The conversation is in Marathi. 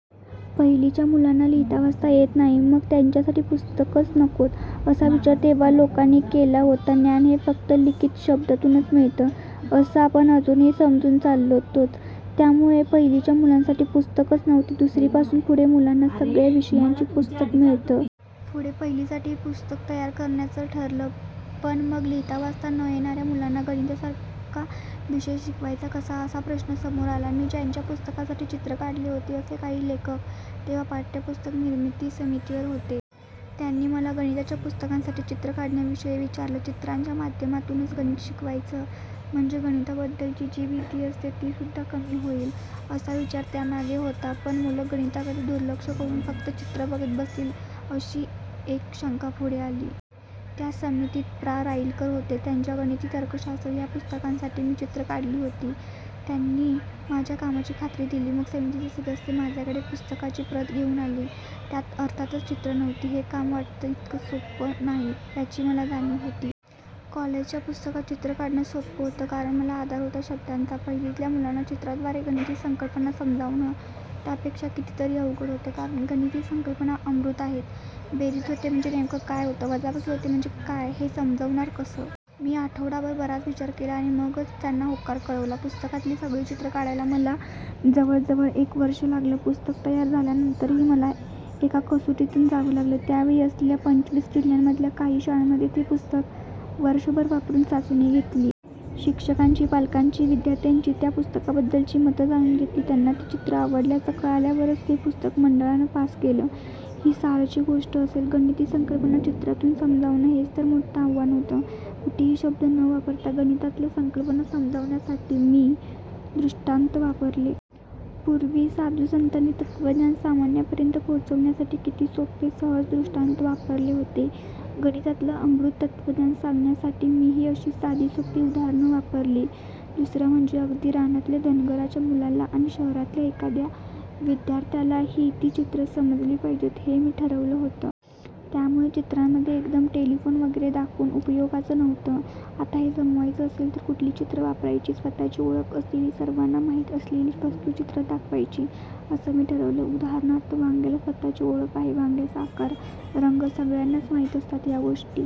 पहिलीच्या मुलांना लिहितावाचता येत नाही, मग त्यांच्यासाठी पुस्तकंच नकोत, असा विचार तेव्हा लोकांनी केला होता. ज्ञान हे फक्त लिखित शब्दांतूनच मिळतं, असं आपण अजूनही समजून चालतोच. त्यामुळे पहिलीच्या मुलांसाठी पुस्तकंच नव्हती. दुसरीपासून पुढे मुलांना सगळ्या विषयांची पुस्तकं मिळत. पुढे पहिलीसाठीही पुस्तकं तयार करण्याचं ठरलं, पण मग लिहितावाचता न येणार्या मुलांना गणितासारखा विषय शिकवायचा कसा, असा प्रश्न समोर आला. मी ज्यांच्या पुस्तकांसाठी चित्रं काढली होती, असे काही लेखक तेव्हा पाठ्यपुस्तक निर्मिती समितीवर होते. त्यांनी मला गणिताच्या पुस्तकांसाठी चित्रं काढण्याविषयी विचारलं. चित्रांच्या माध्यमातूनच गणित शिकवायचं, म्हणजे गणिताबद्दलची जी भीती असते, तीसुद्धा कमी होईल, असा विचार त्या मागे होता. पण मुलं गणिताकडे दुर्लक्ष करून फक्त चित्रं बघत बसतील, अशी एक शंका पुढे आली. त्या समितीत प्रा. राईलकर होते. त्यांच्या 'गणिती तर्कशास्त्र' या पुस्तकासाठी मी चित्रं काढली होती. त्यांनी माझ्या कामाची खात्री दिली. मग समितीचे सदस्य माझ्याकडे पुस्तकाची प्रत घेऊन आले. त्यात अर्थातच चित्रं नव्हती. हे काम वाटतं तितकं सोपं नाही, याची मला जाणीव होती. कॉलेजच्या पुस्तकात चित्रं काढणं सोपं होतं, कारण मला आधार होता शब्दांचा. पहिलीतल्या मुलांना चित्रांद्वारे गणिती संकल्पना समजावणं त्यापेक्षा कितीतरी अवघड होतं. कारण गणिती संकल्पना अमूर्त आहेत. बेरीज होते म्हणजे नेमकं काय होतं, वजाबाकी होते म्हणजे काय, हे समजवणार कसं? मी आठवडाभर बराच विचार केला, आणि मगच त्यांना होकार कळवला. पुस्तकातली सगळी चित्रं काढायला मला जवळजवळ एक वर्षं लागलं. पुस्तक तयार झाल्यानंतरही मला एका कसोटीतून जावं लागलं. त्या वेळी असलेल्या पंचवीस जिल्ह्यांमधल्या काही शाळांमध्ये ते पुस्तक वर्षभर वापरून चाचणी घेतली. शिक्षकांची, पालकांची, विद्यार्थ्यांची त्या पुस्तकाबद्दलची मतं जाणून घेतली. त्यांना ती चित्रं आवडल्याचं कळल्यावरच ते पुस्तक मंडळानं पास केलं. ही सालची गोष्ट असेल. गणिती संकल्पना चित्रांतून समजावणं, हेच तर मोठं आव्हान होतं. कुठेही शब्द न वापरता गणितातल्या संकल्पना समजावण्यासाठी मी दृष्टांत वापरले. पूर्वी साधुसंतांनी तत्त्वज्ञान सामान्यांपर्यंत पोहोचवण्यासाठी किती सोपे, सहज दृष्टांत वापरले होते. गणितातलं अमूर्त तत्त्वज्ञान सांगण्यासाठी मीही अशीच साधीसोपी उदाहरणं वापरली. दुसरं म्हणजे अगदी रानातल्या धनगराच्या मुलाला आणि शहरातल्या एखाद्या विद्यार्थ्यालाही ती चित्रं समजली पाहिजेत, हे मी ठरवलं होतं. त्यामुळे चित्रांमध्ये एकदम टेलिफोन वगैरे दाखवून उपयोगाचं नव्हतं. आता हे जमवायचं असेल तर कुठली चित्रं वापरायची? स्वत:ची ओळख असलेली, सर्वांना माहीत असलेली वस्तू चित्रांत दाखवायची, असं मी ठरवलं. उदाहरणार्थ, वांग्याला स्वत:ची ओळख आहे. वांग्याचा आकार, रंग सगळ्यांनाच माहीत असतात. या गोष्टी